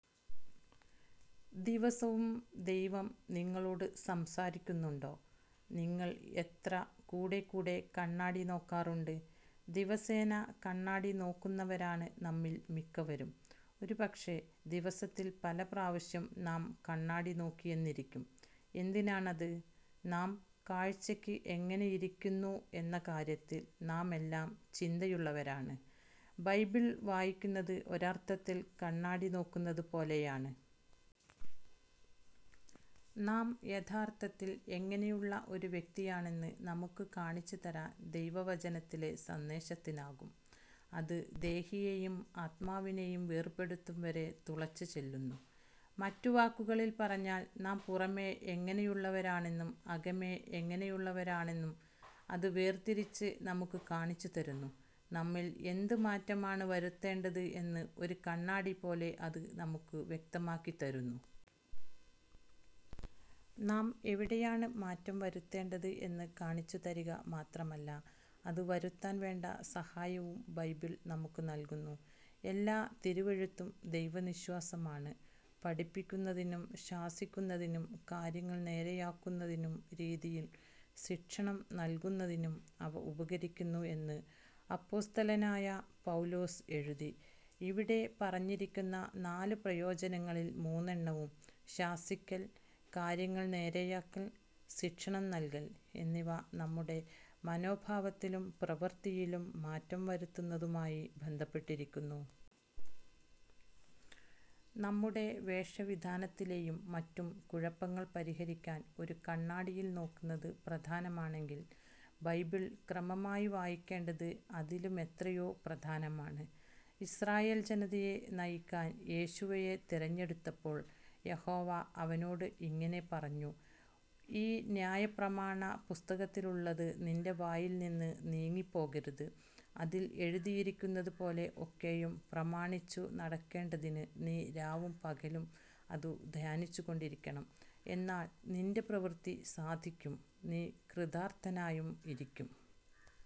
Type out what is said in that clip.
ദിവസവും ദൈവം നിങ്ങളോട് സംസാരിക്കുന്നുണ്ടോ? നിങ്ങൾ എത്ര കൂടെക്കൂടെ കണ്ണാടി നോക്കാറുണ്ട്? ദിവസേന കണ്ണാടി നോക്കുന്നവരാണ് നമ്മിൽ മിക്കവരും. ഒരുപക്ഷേ ദിവസത്തിൽ പലപ്രാവശ്യം നാം കണ്ണാടി നോക്കിയെന്നിരിക്കും. എന്തിനാണത്? നാം കാഴ്ചയ്ക്ക് എങ്ങനെയിരിക്കുന്നു എന്ന കാര്യത്തിൽ നാമെല്ലാം ചിന്തയുള്ളവരാണ്. ബൈബിൾ വായിക്കുന്നത് ഒരർത്ഥത്തിൽ കണ്ണാടി നോക്കുന്നത് പോലെയാണ്. നാം യഥാർത്ഥത്തിൽ എങ്ങനെയുള്ള ഒരു വ്യക്തിയാണെന്ന് നമുക്ക് കാണിച്ചുതരാൻ ദൈവവചനത്തിലെ സന്ദേശത്തിനാകും. അത് ദേഹിയെയും ആത്മാവിനെയും വേർപെടുത്തും വരെ തുളച്ചു ചെല്ലുന്നു. മറ്റു വാക്കുകളിൽ പറഞ്ഞാൽ, നാം പുറമെ എങ്ങനെയുള്ളവരാണെന്നും അകമേ എങ്ങനെയുള്ളവരാണെന്നും അത് വേർതിരിച്ച് നമുക്ക് കാണിച്ചുതരുന്നു. നമ്മിൽ എന്ത് മാറ്റമാണ് വരുത്തേണ്ടത് എന്ന് ഒരു കണ്ണാടി പോലെ അത് നമുക്ക് വ്യക്തമാക്കിത്തരുന്നു. നാം എവിടെയാണ് മാറ്റം വരുത്തേണ്ടത് എന്ന് കാണിച്ചുതരിക മാത്രമല്ല, അത് വരുത്താൻ വേണ്ട സഹായവും ബൈബിൾ നമുക്ക് നൽകുന്നു. എല്ലാ തിരുവെഴുത്തും ദൈവനിശ്വാസമാണ്, പഠിപ്പിക്കുന്നതിനും ശാസിക്കുന്നതിനും കാര്യങ്ങൾ നേരെയാക്കുന്നതിനും നീതിയിൽ ശിക്ഷണം നൽകുന്നതിനും അവ ഉപകരിക്കുന്നു എന്ന് അപ്പൊസ്തലനായ പൗലോസ് എഴുതി. ഇവിടെ പറഞ്ഞിരിക്കുന്ന നാല് പ്രയോജനങ്ങളിൽ മൂന്നെണ്ണവും, ശാസിക്കൽ, കാര്യങ്ങൾ നേരെയാക്കൽ, ശിക്ഷണം നൽകൽ എന്നിവ നമ്മുടെ മനോഭാവത്തിലും പ്രവൃത്തിയിലും മാറ്റം വരുത്തുന്നതുമായി ബന്ധപ്പെട്ടിരിക്കുന്നു. നമ്മുടെ വേഷവിധാനത്തിലെയും മറ്റും കുഴപ്പങ്ങൾ പരിഹരിക്കാൻ ഒരു കണ്ണാടിയിൽ നോക്കുന്നത് പ്രധാനമാണെങ്കിൽ, ബൈബിൾ ക്രമമായി വായിക്കേണ്ടത് അതിലുമെത്രയോ പ്രധാനമാണ്! ഇസ്രായേൽ ജനതയെ നയിക്കാൻ യോശുവയെ തെരഞ്ഞെടുത്തപ്പോൾ യഹോവ അവനോട് ഇങ്ങനെ പറഞ്ഞു, ഈ ന്യായപ്രമാണ പുസ്തകത്തിലുള്ളത് നിൻ്റെ വായിൽ നിന്ന് നീങ്ങിപ്പോകരുത്, അതിൽ എഴുതിയിരിക്കുന്നത് പോലെ ഒക്കെയും പ്രമാണിച്ചു നടക്കേണ്ടതിന് നീ രാവും പകലും അത് ധ്യാനിച്ചുകൊണ്ടിരിക്കണം, എന്നാൽ നിൻ്റെ പ്രവൃത്തി സാധിക്കും, നീ കൃതാർത്ഥനായും ഇരിക്കും.